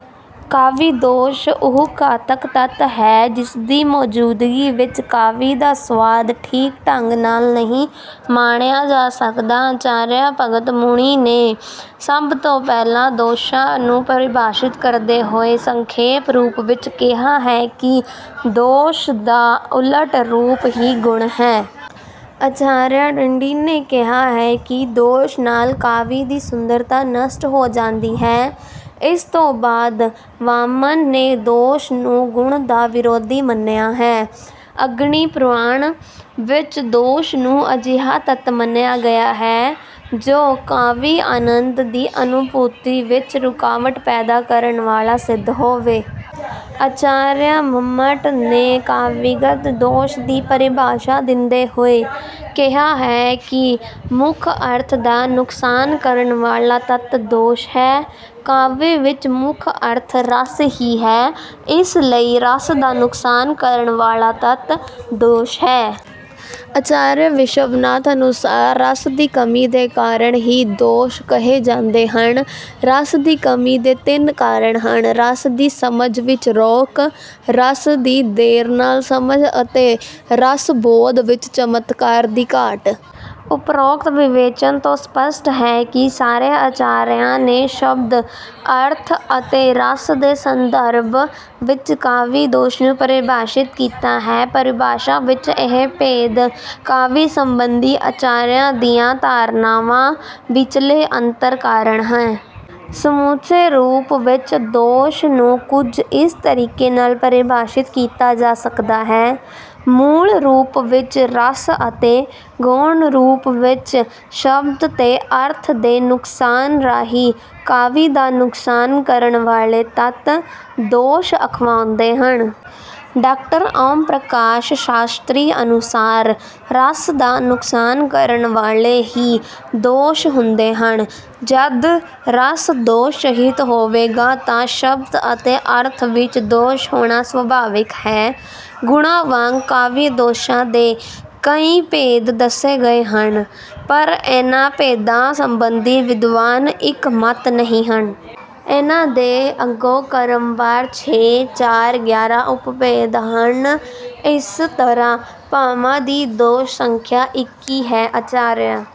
ਕਾਵਿ ਦੋਸ਼ ਉਹ ਘਾਤਕ ਤੱਤ ਹੈ ਜਿਸਦੀ ਮੌਜੂਦਗੀ ਵਿੱਚ ਕਾਵਿ ਦਾ ਸੁਆਦ ਠੀਕ ਢੰਗ ਨਾਲ ਨਹੀਂ ਮਾਣਿਆ ਜਾ ਸਕਦਾ। ਆਚਾਰੀਆ ਭਰਤ ਮੁਨੀ ਨੇ ਸਭ ਤੋਂ ਪਹਿਲਾਂ ਦੋਸ਼ਾਂ ਨੂੰ ਪਰਿਭਾਸ਼ਿਤ ਕਰਦੇ ਹੋਏ ਸੰਖੇਪ ਰੂਪ ਵਿੱਚ ਕਿਹਾ ਹੈ ਕਿ ਦੋਸ਼ ਦਾ ਉਲਟ ਰੂਪ ਹੀ ਗੁਣ ਹੈ। ਆਚਾਰੀਆ ਦੰਡੀ ਨੇ ਕਿਹਾ ਹੈ ਕਿ ਦੋਸ਼ ਨਾਲ ਕਾਵਿ ਦੀ ਸੁੰਦਰਤਾ ਨਸ਼ਟ ਹੋ ਜਾਂਦੀ ਹੈ। ਇਸ ਤੋਂ ਬਾਅਦ ਵਾਮਨ ਨੇ ਦੋਸ਼ ਨੂੰ ਗੁਣ ਦਾ ਵਿਰੋਧੀ ਮੰਨਿਆ ਹੈ। ਅਗਨੀਪੁਰਾਣ ਵਿੱਚ ਦੋਸ਼ ਨੂੰ ਅਜਿਹਾ ਤੱਤ ਮੰਨਿਆ ਗਿਆ ਹੈ ਜੋ ਕਾਵਿ-ਆਨੰਦ ਦੀ ਅਨੁਭੂਤੀ ਵਿੱਚ ਰੁਕਾਵਟ ਪੈਦਾ ਕਰਨ ਵਾਲਾ ਸਿੱਧ ਹੋਵੇ। ਆਚਾਰੀਆ ਮੰਮਟ ਨੇ ਕਾਵਿਗਤ ਦੋਸ਼ ਦੀ ਪਰਿਭਾਸ਼ਾ ਦਿੰਦੇ ਹੋਏ ਕਿਹਾ ਹੈ ਕਿ ਮੁੱਖ ਅਰਥ ਦਾ ਨੁਕਸਾਨ ਕਰਨ ਵਾਲਾ ਤੱਤ 'ਦੋਸ਼' ਹੈ। ਕਾਵਿ ਵਿੱਚ ਮੁੱਖ-ਅਰਥ ਰਸ ਹੀ ਹੈ, ਇਸ ਲਈ ਰਸ ਦਾ ਨੁਕਸਾਨ ਕਰਨ ਵਾਲਾ ਤੱਤ ਦੋਸ਼ ਹੈ। ਆਚਾਰੀਆ ਵਿਸ਼ਵਨਾਥ ਅਨੁਸਾਰ ਰਸ ਦੀ ਕਮੀ ਦੇ ਕਾਰਨ ਹੀ ਦੋਸ਼ ਕਹੇ ਜਾਂਦੇ ਹਨ। ਰਸ ਦੀ ਕਮੀ ਦੇ ਤਿੰਨ ਕਾਰਨ ਹਨ– ਰਸ ਦੀ ਸਮਝ ਵਿੱਚ ਰੋਕ, ਰਸ ਦੀ ਦੇਰ ਨਾਲ ਸਮਝ ਅਤੇ ਰਸ-ਬੋਧ ਵਿੱਚ ਚਮਤਕਾਰ ਦੀ ਘਾਟ। ਉਪਰੋਕਤ ਵਿਵੇਚਨ ਤੋਂ ਸਪਸ਼ਟ ਹੈ ਕਿ ਸਾਰੇ ਆਚਾਰੀਆਂ ਨੇ ਸ਼ਬਦ, ਅਰਥ ਅਤੇ ਰਸ ਦੇ ਸੰਦਰਭ ਵਿੱਚ ਕਾਵਿ-ਦੋਸ਼ ਨੂੰ ਪਰਿਭਾਸ਼ਿਤ ਕੀਤਾ ਹੈ। ਪਰਿਭਾਸ਼ਾ ਵਿੱਚ ਇਹ ਭੇਦ ਕਾਵਿ ਸੰਬੰਧੀ ਆਚਾਰੀਆਂ ਦੀਆਂ ਧਾਰਨਾਵਾਂ ਵਿੱਚਲੇ ਅੰਤਰ ਕਾਰਨ ਹੈ। ਸਮੁੱਚੇ ਰੂਪ ਵਿੱਚ ਦੋਸ਼ ਨੂੰ ਕੁੱਝ ਇਸ ਤਰੀਕੇ ਨਾਲ ਪਰਿਭਾਸ਼ਿਤ ਕੀਤਾ ਜਾ ਸਕਦਾ ਹੈ- ਮੂਲ ਰੂਪ ਵਿੱਚ ਰਸ ਅਤੇ ਗੌਣ ਰੂਪ ਵਿੱਚ ਸ਼ਬਦ ਤੇ ਅਰਥ ਦੇ ਨੁਕਸਾਨ ਰਾਹੀਂ ਕਾਵਿ ਦਾ ਨੁਕਸਾਨ ਕਰਨ ਵਾਲੇ ਤੱਤ ਦੋਸ਼ ਅਖਵਾਉਂਦੇ ਹਨ। ਡਾਕਟਰ ਓਮ ਪ੍ਰਕਾਸ਼ ਸ਼ਾਸਤ੍ਰੀ ਅਨੁਸਾਰ, "ਰਸ ਦਾ ਨੁਕਸਾਨ ਕਰਨ ਵਾਲੇ ਹੀ ਦੋਸ਼ ਹੁੰਦੇ ਹਨ, ਜਦ ਰਸ ਦੋਸ਼ ਸਹਿਤ ਹੋਵੇਗਾ ਤਾਂ ਸ਼ਬਦ ਅਤੇ ਅਰਥ ਵਿੱਚ ਦੋਸ਼ ਹੋਣਾ ਸੁਭਾਵਿਕ ਹੈ"। ਗੁਣਾਂ ਵਾਂਗ ਕਾਵਿ-ਦੋਸ਼ਾਂ ਦੇ ਕਈ ਭੇਦ ਦੱਸੇ ਗਏ ਹਨ, ਪਰ ਇਨ੍ਹਾਂ ਭੇਦਾਂ ਸਬੰਧੀ ਵਿਦਵਾਨ ਇੱਕ ਮਤ ਨਹੀਂ ਹਨ। ਇਨ੍ਹਾਂ ਦੇ ਅੱਗੋਂ ਕ੍ਰਮਵਾਰ ਛੇ, ਚਾਰ, ਗਿਆਰਾਂ ਉਪਭੇਦ ਹਨ। ਇਸ ਤਰ੍ਹਾਂ ਭਾਮਹ ਦੀ ਦੋਸ਼ ਸੰਖਿਆ ਇੱਕੀ ਹੈ। ਆਚਾਰੀਆ